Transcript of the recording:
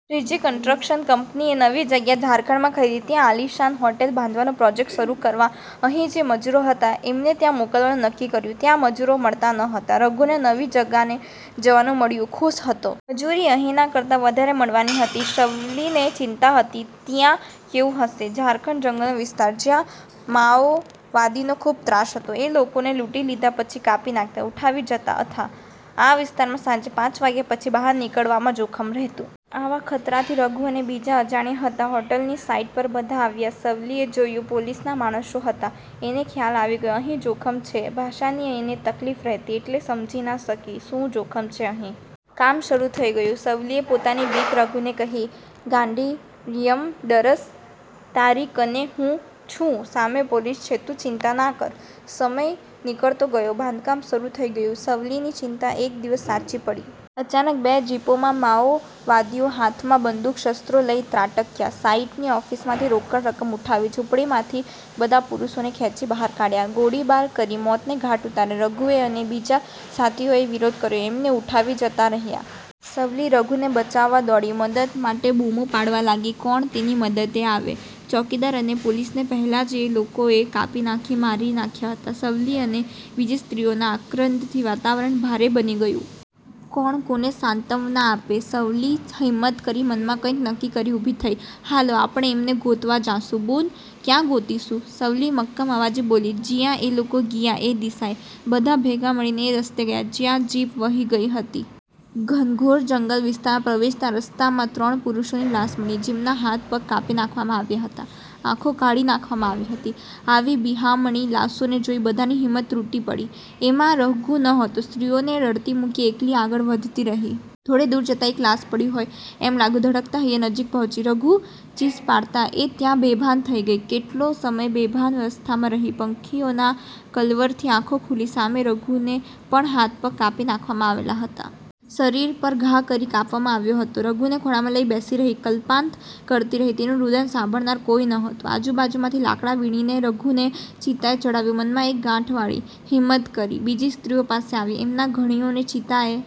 Shriji construction' કંપનીએ નવી જગ્યા ઝારખંડમાં ખરીદી, ત્યાં આલિશાન હોટેલ બાંધવાનો પ્રોજેક્ટ શરૂ કરવા, અહીં જે મજુરો હતા એમને ત્યાં મોકલવાનું નક્કી કર્યું. ત્યાં મજૂરો મળતા નહોતા. રઘુને નવી જગાએ જવાનું મળ્યું, ખુશ હતો. મજૂરી અહીંના કરતા વધારે મળવાની હતી. સવલીને ચિંતા હતી "ત્યિયા કેવું હશે?" ઝારખંડ જંગલનો વિસ્તાર, જ્યાં 'માઓવાદી'નો ખૂબ ત્રાસ હતો. એ લોકોને લૂંટી લીધા પછી કાપી નાખતા, ઉઠાવી જતા હતા. આ વિસ્તારમાં સાંજે પાંચ વાગ્યા પછી બહાર નીકળવામાં જોખમ રહેતું. આવા ખતરાથી રઘુ અને બીજા અજાણ્યા હતા. હોટલની સાઇટ પર બધા આવ્યાં, સવલીએ જોયું, પોલીસના માણસો હતા. એને ખ્યાલ આવી ગયો, અહીં જોખમ છે. ભાષાની એને તકલીફ રહેતી, એટલે સમજી ના શકી શું જોખમ છે અહીં. કામ શરૂ થઇ ગયું. સવલીએ પોતાની બીક રઘુને કહી. "ગાંડી યમ ડરશ? તારી કને હું છું, સામે પોલીસ છે, તું ચિંતા ના કર" સમય નીકળતો ગયો, બાંધકામ શરૂ થઈ ગયું. સવલીની ચિંતા એક દિવસ સાચી પડી. અચાનક બે જીપોમાં માઓવાદીઓ હાથમાં બંદૂક, શસ્ત્રો લઈ ત્રાટક્યા. સાઇટની ઓફિસમાંથી રોકડ રકમ ઉઠાવી, ઝૂંપડીમાંથી બધા પુરુષોને ખેંચી બહાર કાઢ્યા. ગોળીબાર કરી મોતને ઘાટ ઉતાર્યા. રઘુએ અને બીજા સાથીઓએ વિરોધ કર્યો, એમને ઉઠાવી જતા રહ્યા. સવલી રઘુને બચાવવા દોડી, મદદ માટે બૂમો પાડવા લાગી. કોણ તેની મદદે આવે? ચોકીદાર અને પોલીસને પહેલા જ એ લોકોએ કાપી નાખી મારી નાખ્યા હતા. સવલી અને બીજી સ્ત્રીઓના આક્રંદથી વાતાવરણ ભારે બની ગયું. કોણ કોને સાંતવના આપે? સવલી હિંમત કરી મનમાં કંઈક નક્કી કરી ઊભી થઈ. "હાલો, આપણે એમને ગોતવા જાશું." "બુન, ક્યાં ગોતીશું?" સવલી મક્કમ અવાજે બોલી, "જીયા એ લોકો ગિયા એ દિશાએ." બધા ભેગા મળીને એ રસ્તે ગયા, જ્યાં જીપ વહી ગઇ હતી. ઘનઘોર જંગલ વિસ્તારમાં પ્રવેશતાં રસ્તામાં ત્રણ પુરૂષોની લાશ મળી. જેમના હાથ-પગ કાપી નાખવામાં આવ્યા હતા, આંખો કાઢી નાખવામાં આવી હતી. આવી બિહામણી લાશોને જોઈ બધાની હિંમત તૂટી પડી. એમાં રઘુ નહતો, સ્ત્રીઓને રડતી મૂકી એકલી આગળ વધતી રહી. થોડે દૂર જતાં એક લાશ પડી હોય એમ લાગ્યું. ધડકતા હૈયે નજીક પહોંચી, રઘુ? ચીસ પાડતાં એ ત્યાં બેભાન થઈ ગઈ. કેટલો સમય બેભાનાવસ્થામાં રહી. પંખીઓના કલરવથી આંખો ખૂલી, સામે રઘુને પણ, હાથ-પગ કાપી નાખવામાં આવેલા હતા. શરીર પર ઘા કરી કાપવામાં આવ્યો હતો. રઘુને ખોળામાં લઈને બેસી રહી, કલ્પાંત કરતી રહી. તેનું રૂદન સાંભળનાર કોઈ નહોતું. આજુબાજુમાંથી લાકડા વીણીને, રઘુને ચિતાએ ચઢાવ્યો. મનમાં એક ગાંઠ વાળી. હિમત કરી, બીજી સ્ત્રીઓ પાસે આવી. એમના ધણીઓને ચિતાએ